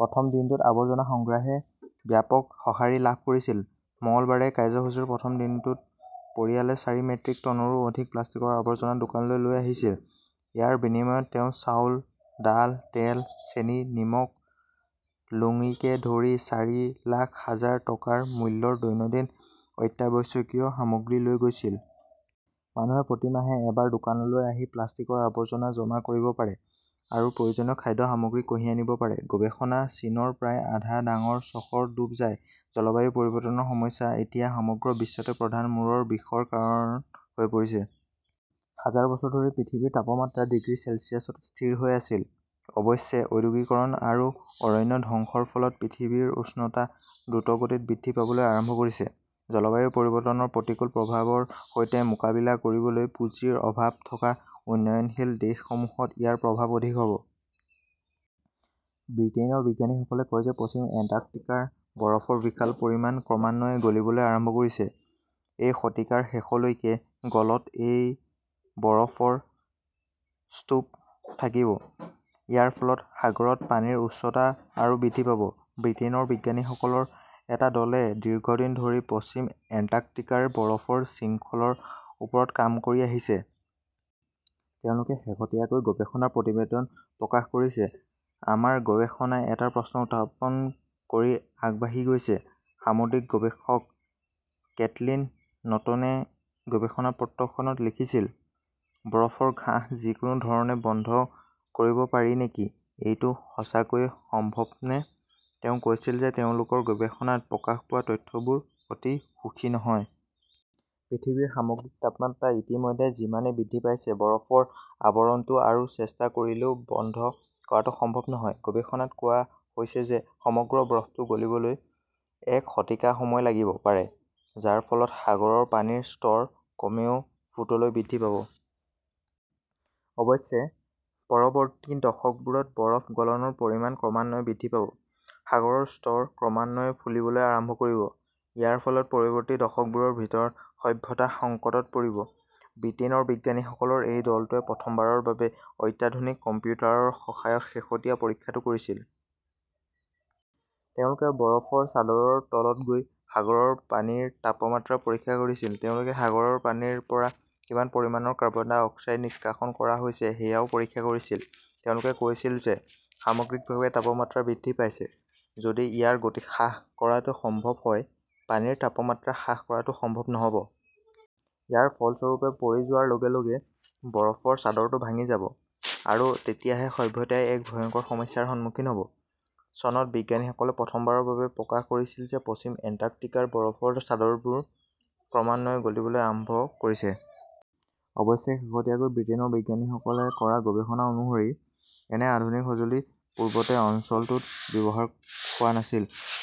প্ৰথম দিনটোত আৱৰ্জনা সংগ্ৰহে ব্যাপক সঁহাৰি লাভ কৰিছিল। মঙলবাৰে কাৰ্যসূচীৰ প্ৰথম দিনটোত পৰিয়ালে চাৰি মেট্ৰিক টনৰো অধিক প্লাষ্টিকৰ আৱৰ্জনা দোকানলৈ লৈ আহিছিল। ইয়াৰ বিনিময়ত তেওঁ চাউল, ডাল, তেল, চেনি, নিমখ, লুঙ্গিকে ধৰি চাৰি লাখ হাজাৰ টকা মূল্যৰ দৈনন্দিন অত্যাৱশ্যকীয় সামগ্ৰী লৈ গৈছিল। মানুহে প্ৰতি মাহে এবাৰ দোকানলৈ আহি প্লাষ্টিকৰ আৱৰ্জনা জমা কৰিব পাৰে আৰু প্ৰয়োজনীয় খাদ্য সামগ্ৰী কঢ়িয়াই নিব পাৰে। গৱেষণাঃ চীনৰ প্ৰায় আধা ডাঙৰ চহৰ ডুব যায় জলবায়ু পৰিৱৰ্তনৰ সমস্যা এতিয়া সমগ্ৰ বিশ্বতে প্ৰধান মূৰৰ বিষৰ কাৰণ হৈ পৰিছে। হাজাৰ বছৰ ধৰি পৃথিৱীৰ তাপমাত্ৰা ডিগ্ৰী চেলছিয়াছত স্থিৰ হৈ আছিল। অৱশ্যে, ঔদ্যোগিকৰণ আৰু অৰণ্য ধ্বংসৰ ফলত পৃথিৱীৰ উষ্ণতা দ্ৰুতগতিত বৃদ্ধি পাবলৈ আৰম্ভ কৰিছে। জলবায়ু পৰিৱৰ্তনৰ প্ৰতিকূল প্ৰভাৱৰ সৈতে মোকাবিলা কৰিবলৈ পুঁজিৰ অভাৱ থকা উন্নয়নশীল দেশসমূহত ইয়াৰ প্ৰভাৱ অধিক হ’ব। ব্ৰিটেইনৰ বিজ্ঞানীসকলে কয় যে পশ্চিম এণ্টাৰ্কটিকাৰ বৰফৰ বিশাল পৰিমাণ ক্ৰমান্বয়ে গলিবলৈ আৰম্ভ কৰিছে। এই শতিকাৰ শেষলৈকে গলত সেই বৰফৰ স্তুপ থাকিব। ইয়াৰ ফলত সাগৰত পানীৰ উচ্চতা আৰু বৃদ্ধি পাব। ব্ৰিটেইনৰ বিজ্ঞানীসকলৰ এটা দলে দীৰ্ঘদিন ধৰি পশ্চিম এণ্টাৰ্কটিকাৰ বৰফৰ শৃংখলৰ ওপৰত কাম কৰি আহিছে। তেওঁলোকে শেহতীয়াকৈ গৱেষণা প্ৰতিবেদন প্ৰকাশ কৰিছে। আমাৰ গৱেষণাই এটা প্ৰশ্ন উত্থাপন কৰি আগবাঢ়ি গৈছে, সামুদ্ৰিক গৱেষক কেটলীন নটনে গৱেষণাপত্ৰখনত লিখিছিল। বৰফৰ ঘাঁহ যিকোনো ধৰণে বন্ধ কৰিব পাৰি নেকি এইটো সঁচাকৈয়ে সম্ভৱনে তেওঁ কৈছিল যে তেওঁলোকৰ গৱেষণাত প্ৰকাশ পোৱা তথ্যবোৰ অতি সুখী নহয়। পৃথিৱীৰ সামগ্ৰিক তাপমাত্ৰা ইতিমধ্যে যিমানেই বৃদ্ধি পাইছে, বৰফৰ আৱৰণটো আৰু চেষ্টা কৰিলেও বন্ধ কৰাটো সম্ভৱ নহয়। গৱেষণাত কোৱা হৈছে যে সমগ্ৰ বৰফটো গলিবলৈ এক শতিকা সময় লাগিব পাৰে, যাৰ ফলত সাগৰৰ পানীৰ স্তৰ কমেও ফুটলৈ বৃদ্ধি পাব। অৱশ্যে, পৰৱৰ্তী দশকবোৰত বৰফ গলনৰ পৰিমাণ ক্ৰমান্বয়ে বৃদ্ধি পাব। সাগৰৰ স্তৰ ক্ৰমান্বয়ে ফুলিবলৈ আৰম্ভ কৰিব। ইয়াৰ ফলত পৰৱৰ্তী দশকবোৰৰ ভিতৰত সভ্যতা সংকটত পৰিব। ব্ৰিটেইনৰ বিজ্ঞানীসকলৰ এই দলটোৱে প্ৰথমবাৰৰ বাবে অত্যাধুনিক কম্পিউটাৰৰ সহায়ত শেহতীয়া পৰীক্ষাটো কৰিছিল। তেওঁলোকে বৰফৰ চাদৰৰ তলত গৈ সাগৰৰ পানীৰ তাপমাত্ৰা পৰীক্ষা কৰিছিল। তেওঁলোকে সাগৰৰ পানীৰ পৰা কিমান পৰিমাণৰ কাৰ্বন ডাই অক্সাইড নিষ্কাশন কৰা হৈছে সেয়াও পৰীক্ষা কৰিছিল। তেওঁলোকে কৈছিল যে সামগ্ৰিকভাৱে তাপমাত্ৰা বৃদ্ধি পাইছে। যদি ইয়াৰ গতি হ্ৰাস কৰাটো সম্ভৱ হয়, পানীৰ তাপমাত্ৰা হ্ৰাস কৰাটো সম্ভৱ নহ’ব। ইয়াৰ ফলস্বৰূপে পৰি যোৱাৰ লগে লগে বৰফৰ চাদৰটো ভাঙি যাব। আৰু তেতিয়াহে সভ্যতাই এক ভয়ংকৰ সমস্যাৰ সন্মুখীন হ’ব। চনত বিজ্ঞানীসকলে প্ৰথমবাৰৰ বাবে প্ৰকাশ কৰিছিল যে পশ্চিম এণ্টাৰ্কটিকাৰ বৰফৰ চাদৰবোৰ ক্ৰমান্বয়ে গলিবলৈ আৰম্ভ কৰিছে। অৱশ্যে, শেহতীয়াকৈ ব্ৰিটেইনৰ বিজ্ঞানীসকলে কৰা গৱেষণা অনুসৰি, এনে আধুনিক সঁজুলি পূৰ্বতে অঞ্চলটোত ব্যৱহাৰ কৰা হোৱা নাছিল।